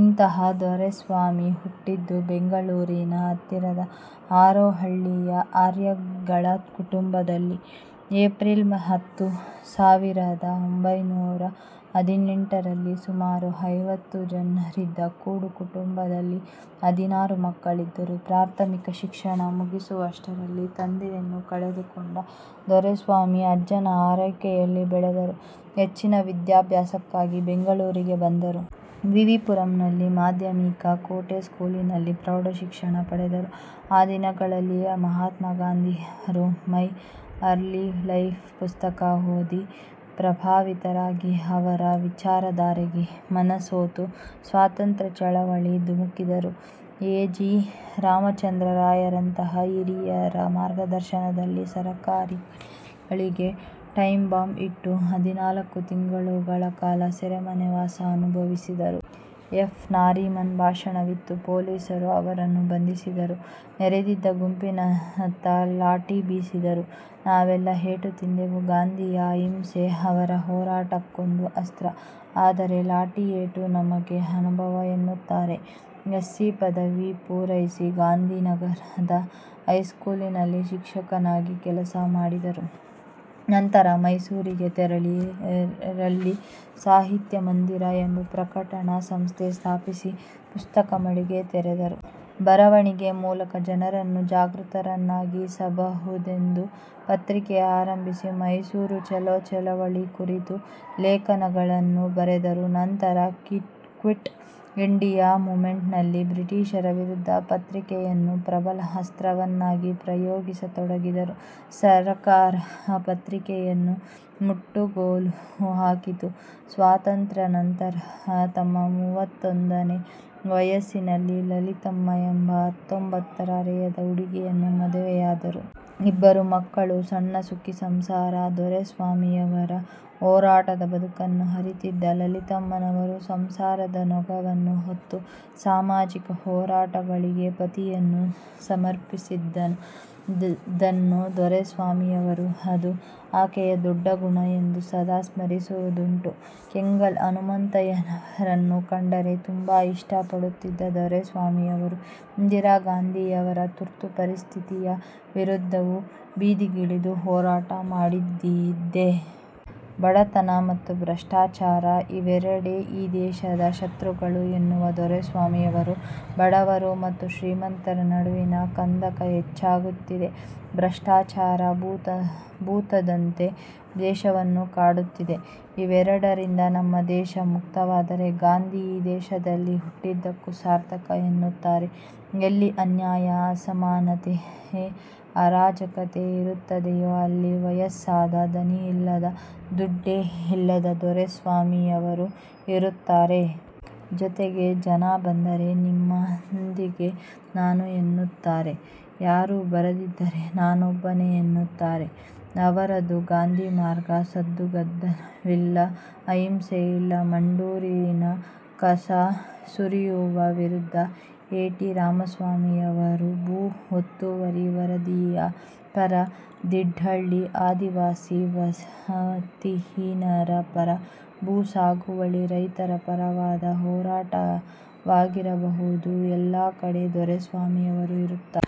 ಇಂತಹ ದೊರೆಸ್ವಾಮಿ ಹುಟ್ಟಿದ್ದು ಬೆಂಗಳೂರಿನ ಹತ್ತಿರದ ಹಾರೋಹಳ್ಳಿಯ ಅಯ್ಯರ್ಗಳ ಕುಟುಂಬದಲ್ಲಿ, ಎಪ್ರಿಲ್ ಹತ್ತು, ಸಾವಿರದ ಒಂಭೈನೂರ ಹದಿನೆಂಟರಲ್ಲಿ ಸುಮಾರು ಐವತ್ತು ಜನರಿದ್ದ ಕೂಡು ಕುಟುಂಬದಲ್ಲಿ ಹದಿನಾರು ಮಕ್ಕಳಿದ್ದರು. ಪ್ರಾಥಮಿಕ ಶಿಕ್ಷಣ ಮುಗಿಸುವಷ್ಟರಲ್ಲಿ, ತಂದೆಯನ್ನು ಕಳೆದುಕೊಂಡ ದೊರೆಸ್ವಾಮಿ ಅಜ್ಜನ ಆರೈಕೆಯಲ್ಲಿ ಬೆಳೆದರು. ಹೆಚ್ಚಿನ ವಿದ್ಯಾಭ್ಯಾಸಕ್ಕಾಗಿ ಬೆಂಗಳೂರಿಗೆ ಬಂದರು. ವಿವಿ ಪುರಂನಲ್ಲಿ ಮಾಧ್ಯಮಿಕ, ಕೋಟೆ ಸ್ಕೂಲಿನಲ್ಲಿ ಪ್ರೌಢಶಿಕ್ಷಣ ಪಡೆದರು. ಆ ದಿನಗಳಲ್ಲಿಯೇ ಮಹಾತ್ಮ ಗಾಂಧಿಯವರ 'ಮೈ ಅರ್ಲಿ ಲೈಫ್' ಪುಸ್ತಕ ಓದಿ, ಪ್ರಭಾವಿತರಾಗಿ, ಅವರ ವಿಚಾರಧಾರೆಗೆ ಮನಸೋತು ಸ್ವಾತಂತ್ರ್ಯ ಚಳವಳಿಗೆ ಧುಮುಕಿದರು. ಎ. ಜಿ. ರಾಮಚಂದ್ರರಾಯರಂತಹ ಹಿರಿಯರ ಮಾರ್ಗದರ್ಶನದಲ್ಲಿ ಸರಕಾರಿ ಕಚೇರಿಗಳಿಗೆ ಟೈಂಬಾಂಬ್ ಇಟ್ಟು, ಹದಿನಾಲ್ಕು ತಿಂಗಳುಗಳ ಕಾಲ ಸೆರೆಮನೆ ವಾಸ ಅನುಭವಿಸಿದರು. ಎಫ್. ನಾರಿಮನ್ ಭಾಷಣವಿತ್ತು. ಪೊಲೀಸರು ಅವರನ್ನು ಬಂಧಿಸಿದರು. ನೆರೆದಿದ್ದ ಗುಂಪಿನತ್ತ ಲಾಠಿ ಬೀಸಿದರು. ನಾವೆಲ್ಲ ಏಟು ತಿಂದೆವು. ಗಾಂಧಿಯ ಅಹಿಂಸೆ ಅವರ ಹೋರಾಟಕ್ಕೊಂದು ಅಸ್ತ್ರ, ಆದರೆ ಲಾಠಿ ಏಟು ನಮಗೆ ಅನುಭವ'' ಎನ್ನುತ್ತಾರೆ. ಎಸ್ಸಿ ಪದವಿ ಪೂರೈಸಿ, ಗಾಂಧಿನಗರದ ಹೈಸ್ಕೂಲಿನಲ್ಲಿ ಶಿಕ್ಷಕನಾಗಿ ಕೆಲಸ ಮಾಡಿದರು. ನಂತರ ಮೈಸೂರಿಗೆ ತೆರಳಿ ರಲ್ಲಿ ಸಾಹಿತ್ಯ ಮಂದಿರ ಎಂಬ ಪ್ರಕಟಣಾ ಸಂಸ್ಥೆ ಸ್ಥಾಪಿಸಿ ಪುಸ್ತಕ ಮಳಿಗೆ ತೆರೆದರು. ಬರವಣಿಗೆ ಮೂಲಕ ಜನರನ್ನು ಜಾಗೃತರನ್ನಾಗಿ ಸಬಹುದೆಂದು ಪತ್ರಿಕೆ ಆರಂಭಿಸಿ, ಮೈಸೂರು ಚಲೋ ಚಳವಳಿ ಕುರಿತು ಲೇಖನಗಳನ್ನು ಬರೆದರು. ನಂತರ ಕ್ವಿಟ್ ಇಂಡಿಯಾ ಮೂವ್ಮೆಂಟಿನಲ್ಲಿ ಬ್ರಿಟಿಷರ ವಿರುದ್ಧ ಪತ್ರಿಕೆಯನ್ನು ಪ್ರಬಲ ಅಸ್ತ್ರವನ್ನಾಗಿ ಪ್ರಯೋಗಿಸತೊಡಗಿದರು. ಸರಕಾರ ಪತ್ರಿಕೆಯನ್ನು ಮುಟ್ಟುಗೋಲು ಹಾಕಿತು. ಸ್ವಾತಂತ್ರ್ಯಾನಂತರ ತಮ್ಮ ಮೂವತ್ತೊಂದನೇ ವಯಸ್ಸಿನಲ್ಲಿ ಲಲಿತಮ್ಮ ಎಂಬ ಹತ್ತೊಂಬತ್ತರ ಹರೆಯದ ಹುಡುಗಿಯನ್ನು ಮದುವೆಯಾದರು. ಇಬ್ಬರು ಮಕ್ಕಳು. ಸಣ್ಣ ಸುಖಿ ಸಂಸಾರ. ದೊರೆಸ್ವಾಮಿಯವರ ಹೋರಾಟದ ಬದುಕನ್ನು ಅರಿತಿದ್ದ ಲಲಿತಮ್ಮನವರು, ಸಂಸಾರದ ನೊಗವನ್ನು ಹೊತ್ತು, ಸಾಮಾಜಿಕ ಹೋರಾಟಗಳಿಗೆ ಪತಿಯನ್ನು ಸಮರ್ಪಿಸಿದ್ದನ್ನು ದೊರೆಸ್ವಾಮಿಯವರು ''ಅದು ಆಕೆಯ ದೊಡ್ಡ ಗುಣ'' ಎಂದು ಸದಾ ಸ್ಮರಿಸುವುದುಂಟು. ಕೆಂಗಲ್ ಹನುಮಂತಯ್ಯನವರನ್ನು ಕಂಡರೆ ತುಂಬಾ ಇಷ್ಟಪಡುತ್ತಿದ್ದ ದೊರೆಸ್ವಾಮಿಯವರು, ಇಂದಿರಾ ಗಾಂಧಿಯವರ ತುರ್ತು ಪರಿಸ್ಥಿತಿಯ ವಿರುದ್ಧವೂ ಬೀದಿಗಿಳಿದು ಹೋರಾಟ ಮಾಡಿದ್ದಿದೆ. ಬಡತನ ಮತ್ತು ಭ್ರಷ್ಟಾಚಾರ- ಇವರೆಡೇ ಈ ದೇಶದ ಶತ್ರುಗಳು ಎನ್ನುವ ದೊರೆಸ್ವಾಮಿಯವರು, ''ಬಡವರು ಮತ್ತು ಶ್ರೀಮಂತರ ನಡುವಿನ ಕಂದಕ ಹೆಚ್ಚಾಗುತ್ತಿದೆ. ಭ್ರಷ್ಟಾಚಾರ ಭೂತದಂತೆ ದೇಶವನ್ನು ಕಾಡುತ್ತಿದೆ. ಇವೆರಡರಿಂದ ನಮ್ಮ ದೇಶ ಮುಕ್ತವಾದರೆ, ಗಾಂಧಿ ಈ ದೇಶದಲ್ಲಿ ಹುಟ್ಟಿದ್ದಕ್ಕೂ ಸಾರ್ಥಕ' ಎನ್ನುತ್ತಾರೆ. ಎಲ್ಲಿ ಅನ್ಯಾಯ, ಅಸಮಾನತೆ, ಅರಾಜಕತೆ ಇರುತ್ತದೆಯೋ ಅಲ್ಲಿ ವಯಸ್ಸಾದ, ದನಿ ಇಲ್ಲದ, ದುಡ್ಡೇ ಇಲ್ಲದ ದೊರೆಸ್ವಾಮಿ ಯವರು ಇರುತ್ತಾರೆ. ಜೊತೆಗೆ ಜನ ಬಂದರೆ, ನಿಮ್ಮಾಂದಿಗೆ ನಾನು ಎನ್ನುತ್ತಾರೆ. ಯಾರೂ ಬರದಿದ್ದರೆ ನಾನೊಬ್ಬನೆ ಎನ್ನುತ್ತಾರೆ. ಅವರದು ಗಾಂಧಿ ಮಾರ್ಗ. ಸದ್ದು ಗದ್ದಲವಿಲ್ಲ, ಹಿಂಸೆಯಿಲ್ಲ. ಮಂಡೂರಿನ ಕಸ ಸುರಿಯುವ ವಿರುದ್ಧ, ಎ. ಟಿ. ರಾಮಸ್ವಾಮಿಯವರ ಭೂ ಒತ್ತುವರಿ ವರದಿಯ ಪರ, ದಿಡ್ಡಳ್ಳಿ ಆದಿವಾಸಿ ವಸತಿಹೀನರ ಪರ, ಭೂ ಸಾಗುವಳಿ ರೈತರ ಪರವಾದ ಹೋರಾಟವಾಗಿರಬಹುದು ಎಲ್ಲಾ ಕಡೆ ದೊರೆಸ್ವಾಮಿಯವರು ಇರುತ್ತಾರೆ.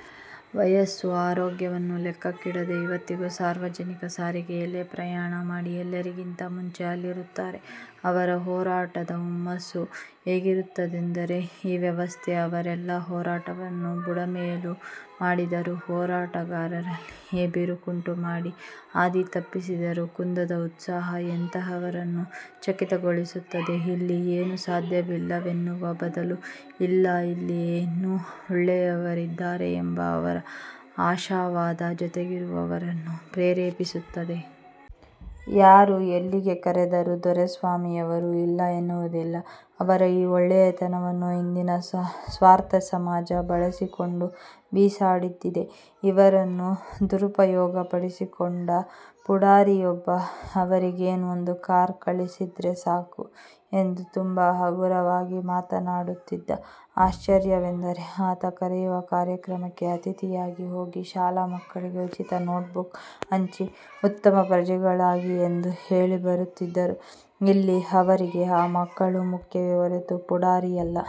ವಯಸ್ಸು, ಆರೋಗ್ಯವನ್ನು ಲೆಕ್ಕಕ್ಕಿಡದೆ, ಇವತ್ತಿಗೂ ಸಾರ್ವಜನಿಕ ಸಾರಿಗೆಯಲ್ಲಿಯೇ ಪ್ರಯಾಣ ಮಾಡಿ, ಎಲ್ಲರಿಗಿಂತ ಮುಂಚೆ ಅಲ್ಲಿರುತ್ತಾರೆ. ಅವರ ಹೋರಾಟದ ಹುಮ್ಮಸ್ಸು ಹೇಗಿರುತ್ತದೆಂದರೆ, ಈ ವ್ಯವಸ್ಥೆ ಅವರೆಲ್ಲ್ಲಾ ಹೋರಾಟವನ್ನು ಬುಡಮೇಲು ಮಾಡಿದರೂ, ಹೋರಾಟಗಾರರಲ್ಲಿಯೇ ಬಿರುಕುಂಟು ಮಾಡಿ ಹಾದಿ ತಪ್ಪಿಸಿದರೂ, ಕುಂದದ ಉತ್ಸಾಹ ಎಂತಹವರನ್ನು ಚಕಿತಗೊಳಿಸುತ್ತದೆ. ಇಲ್ಲಿ ಏನೂ ಸಾಧ್ಯವಿಲ್ಲವೆನ್ನುವ ಬದಲು; ಇಲ್ಲ, ಇಲ್ಲಿ ಇನ್ನೂ ಒಳ್ಳೆಯವರಿದ್ದಾರೆ ಎಂಬ ಅವರ ಆಶಾವಾದ ಜೊತೆಗಿರುವವರನ್ನೂ ಪ್ರೇರೇಪಿಸುತ್ತದೆ. ಯಾರು ಎಲ್ಲಿಗೆ ಕರೆದರೂ ದೊರೆಸ್ವಾಮಿಯವರು ಇಲ್ಲ ಎನ್ನುವುದಿಲ್ಲ. ಅವರ ಈ ಒಳ್ಳೆಯತನವನ್ನು ಇಂದಿನ ಸ್ವಾರ್ಥಸಮಾಜ ಬಳಸಿಕೊಂಡು ಬಿಸಾಡಿದ್ದಿದೆ. ಇವರನ್ನು ದುರುಪಯೋಗಪಡಿಸಿಕೊಂಡ ಪುಢಾರಿಯೊಬ್ಬ, ''ಅವರಿಗೇನ್ ಒಂದು ಕಾರ್ ಕಳಿಸಿದ್ರೆ ಸಾಕು'' ಎಂದು ತುಂಬಾ ಹಗುರವಾಗಿ ಮಾತನಾಡುತ್ತಿದ್ದ. ಆಶ್ಚರ್ಯವೆಂದರೆ, ಆತ ಕರೆಯುವ ಕಾರ್ಯಕ್ರಮಕ್ಕೆ ಅತಿಥಿಯಾಗಿ ಹೋಗಿ, ಶಾಲಾ ಮಕ್ಕಳಿಗೆ ಉಚಿತ ನೋಟ್ ಬುಕ್ ಹಂಚಿ, ಉತ್ತಮ ಪ್ರಜೆಗಳಾಗಿ ಎಂದು ಹೇಳಿ ಬರುತ್ತಿದ್ದರು. ಇಲ್ಲಿ ಅವರಿಗೆ ಆ ಮಕ್ಕಳು ಮುಖ್ಯವೇ ಹೊರತು, ಪುಢಾರಿಯಲ್ಲ.